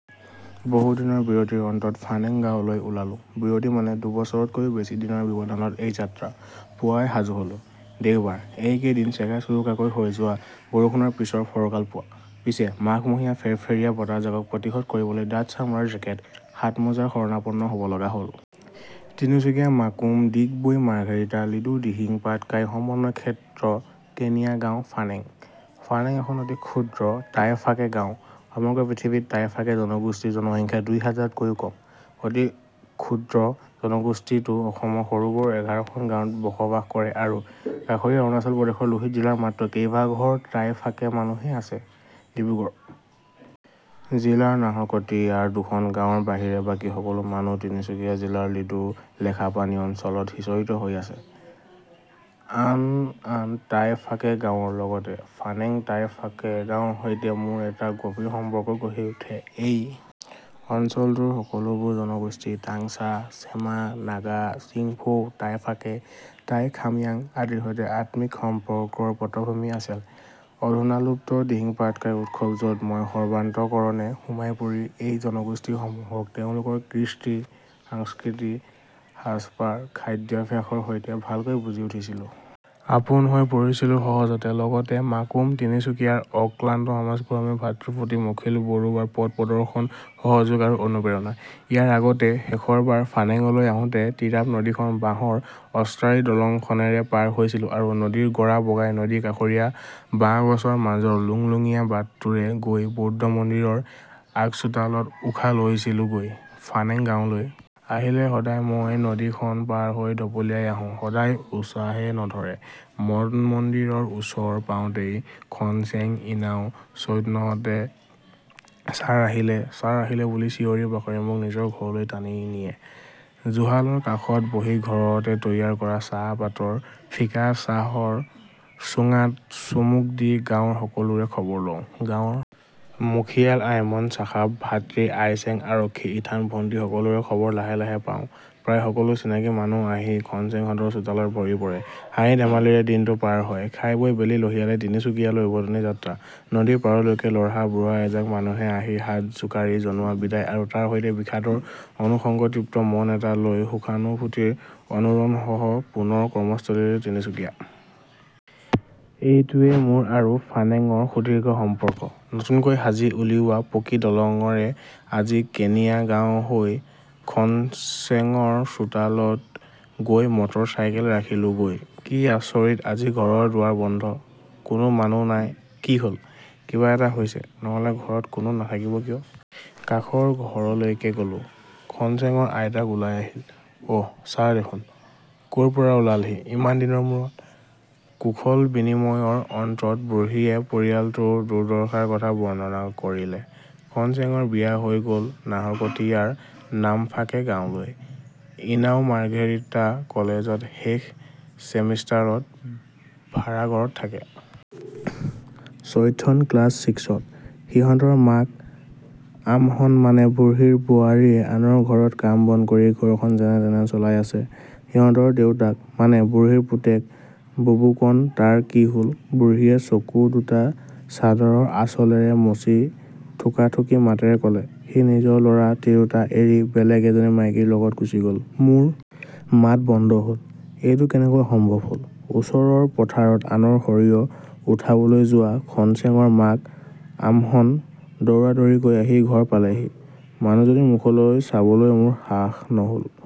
বহু দিনৰ বিৰতিৰ অন্তত ফানেং গাৱঁলৈ ওলালো। বিৰতি মানে দুবছৰতকৈও বেছি দিনৰ ব্যৱধানত এই যাত্ৰা। পুৱাই সাজু হ'লো। দেওবাৰ, এইকেইদিন চেগাচোৰোকাকৈ হৈ যোৱা বৰষুণৰ পিছৰ ফৰকাল পুৱা। পিচে মাঘমহীয়া ফেৰফেৰীয়া বতাহজাকক প্ৰতিহত কৰিবলৈ ডাঠ ছামৰাৰ জেকেট, হাতমোজাৰ শৰণাপন্ন হ'ব লগা হ'ল। তিনিচুকীয়া, মাকুম, ডিগবৈ, মাৰ্ঘেৰিটা, লিডু, দিহিং পাটকাই সমন্বয় ক্ষেত্ৰ কেনিয়া গাওঁ ফানেং। ফানেং এখন অতি ক্ষুদ্ৰ তাই ফাকে গাওঁ। সমগ্ৰ পৃথিৱীত তাই ফাকে জনগোষ্ঠীৰ জনসংখ্যা দুই হাজাৰতকৈও কম। এই অতিক্ষুদ্ৰ জনগোষ্ঠীটো অসমৰ সৰু বৰ এঘাৰখন গাঁৱত বসবাস কৰে আৰু কাষৰীয়া অৰুণাচল প্ৰদেশৰ লোহিত জিলাত মাত্ৰ কেইঘৰমান তাই ফাকে মানুহ আছে। ডিব্ৰুগড় জিলাৰ নাহৰকটীয়াৰ দুখন গাৱঁৰ বাহিৰে বাকী সকলো মানুহ তিনিচুকীয়া জিলাৰ লিডু লেখাপানী অঞ্চলত সিঁচৰতি হৈ আছে। আন আন তাই ফাকে গাৱঁৰ লগতে ফানেং তাই ফাকে‌ গাৱঁৰ সৈতে মোৰ এটা গভীৰ সম্পৰ্ক গঢ়ি উঠে। এই অঞ্চলটোৰ সকলো বোৰ জনগোষ্ঠী তাংছা, চেমা, নাগা, চিংফৌ, তাই ফাকে, তাই খাময়াং আদিৰ সৈতে আত্মিক সম্পৰ্কৰ পটভূমি আছিল। অধূনালুপ্ত দিহিংপাটকাই উৎসৱ য'ত মই সৰ্বান্ত:কৰণে সোমাই পৰি এই জনগোষ্ঠীসমূহক তেওঁলোকৰ কৃষ্টি, সংস্কৃতি, সাজপাৰ, খাদ্যাভ্যাসৰ সৈতে ভালকৈ বুজি উঠিছিলোঁ। আপোন হৈ পৰিছিলো সহজতে। লগতে মাকুম তিনিচুকীয়াৰ অক্লান্ত সমাজ কৰ্মী ভাতৃপ্ৰতীম অখিল বৰুৱাৰ পথ প্ৰদৰ্শন, সহযোগ আৰু অনুপ্ৰেৰণা। ইয়াৰ আগতে শেষৰবাৰ ফানেঙলৈ আহোঁতে টিৰাপ নদীখন বাঁহৰ অস্থায়ী দলংখনেৰে পাৰ হৈছিলো আৰু নদীৰ গৰা বগাই নদী কাষৰীয়া বাঁহগছৰ মাজৰ লুংলুঙীয়া বাটটোৰে গৈ বৌদ্ধ মন্দিৰৰ আগচোতালত উশাহ লৈছিলো গৈ। ফানেংগাৱঁলৈ আহিলে সদায় মই নদীখন পাৰ হৈ ঢপলিয়াই আহোঁ। সদায় উছাহে নধৰে। মনমন্দিৰৰ ওচৰ পাওঁতে খনচেং, ইনাও, চৈথনহঁতে ছাৰ আহিলে, ছাৰ আহিলে বুলি চিঞৰি বাখৰি মোক নিজৰ ঘৰলৈ টানি নিয়ে। জুশালৰ কাষত বহি ঘৰতে তৈয়াৰ কৰা চাহ পাতৰ ফিকা চাহৰ চুঙাত চুমুক দি গাঁৱৰ সকলোৰে খবৰ লওঁ। গাঁৱৰ মুখিয়াল আইমন ছাখাপ, ভাতৃ আইচেং, আৰক্ষী ইথান ভন্টি সকলোৰে খবৰ লাহে লাহে পাওঁ। প্ৰায় সকলো চিনাকি মানুহ আহি খনচেংহঁতৰ চোতাল ভৰি পৰে। হাঁহি ধেমালিৰে দিনটো পাৰ হয়। খাই বৈ বেলি লহিয়ালে তিনিচুকীয়ালৈ উভতনি যাত্ৰা। নদীৰ পাৰলৈকে ল'ৰা বুঢ়া এজাক মানুহে আহি হাত জোকাৰি জনোৱা বিদায় আৰু তাৰ সৈতে বিষাদৰ অনুসংগতৃপ্ত মন এটা লৈ সুখানুভূতিৰ অনুৰণনসহ পুনৰ কৰ্মস্থলী তিনিচুকীয়া। এইটোৱেই মোৰ আৰু ফানেঙৰ সুদীৰ্ঘ সম্পৰ্ক। নতুনকৈ সাজি উলিওৱা পকী দলঙৰে আজি কেনিয়া গাওঁ হৈ খনচেঙৰ চোতালত গৈ মটৰ চাইকেল ৰাখিলোগৈ। কি আচৰিত আজি ঘৰৰ দুৱাৰ বন্ধ। কোনো মানুহ নাই। কি হ'ল, কিবা এটা হৈছে, নহলে ঘৰত কোনো নাথাকিব কিয়? কাষৰ ঘৰলৈকে গলো। খনচেঙৰ আইতাক ওলাই আহিল। অ' ছাৰ দেখোন! ক পৰা ওলালহি ইমান দিনৰ মূৰত, কুশল বিনিময়ৰ অন্তত বুঢ়ীয়ে পৰিয়ালটোৰ দুৰ্দশাৰ কথা বৰ্ণনা কৰিলে। খনচেঙৰ বিয়া হৈ গ'ল নাহৰকটীয়াৰ নামফাকে গাঁৱলৈ। ইনাও মাৰ্ঘেৰিটা কলেজত শেষ ছিমেষ্টাৰত ভাৰাঘৰত থাকে। চৈথন ক্লাছ ছিক্সত। সিহঁতৰ মাক আমহন মানে বুঢ়ীৰ বোৱাৰীয়ে আনৰ ঘৰত কাম বন কৰি ঘৰখন যেনে তেনে চলাই আছে। সিহঁতৰ দেউতাক মানে বুঢ়ীৰ পুতেক বুবুকণ তাৰ কি হ'ল বুঢ়ীয়ে চকু দুটা চাদৰৰ আচলেৰে মচি থুকাথুকি মাতেৰে কলে, সি নিজৰ ল'ৰা তিৰোতা এৰি বেলেগ এজনী মাইকীৰ লগত গুচি গ'ল। মোৰ মাত বন্ধ হ'ল। এইটো কেনেকৈ সম্ভৱ হ'ল? ওচৰৰ পথাৰত আনৰ সৰিয়হ উঠাবলৈ যোৱা খনচেঙৰ মাক আমহন্ দৌৰাদৌৰিকৈ আহি ঘৰ পালেহি। মানুহজনীৰ মুখলৈ চাবলৈ মোৰ সাহ নহ'ল।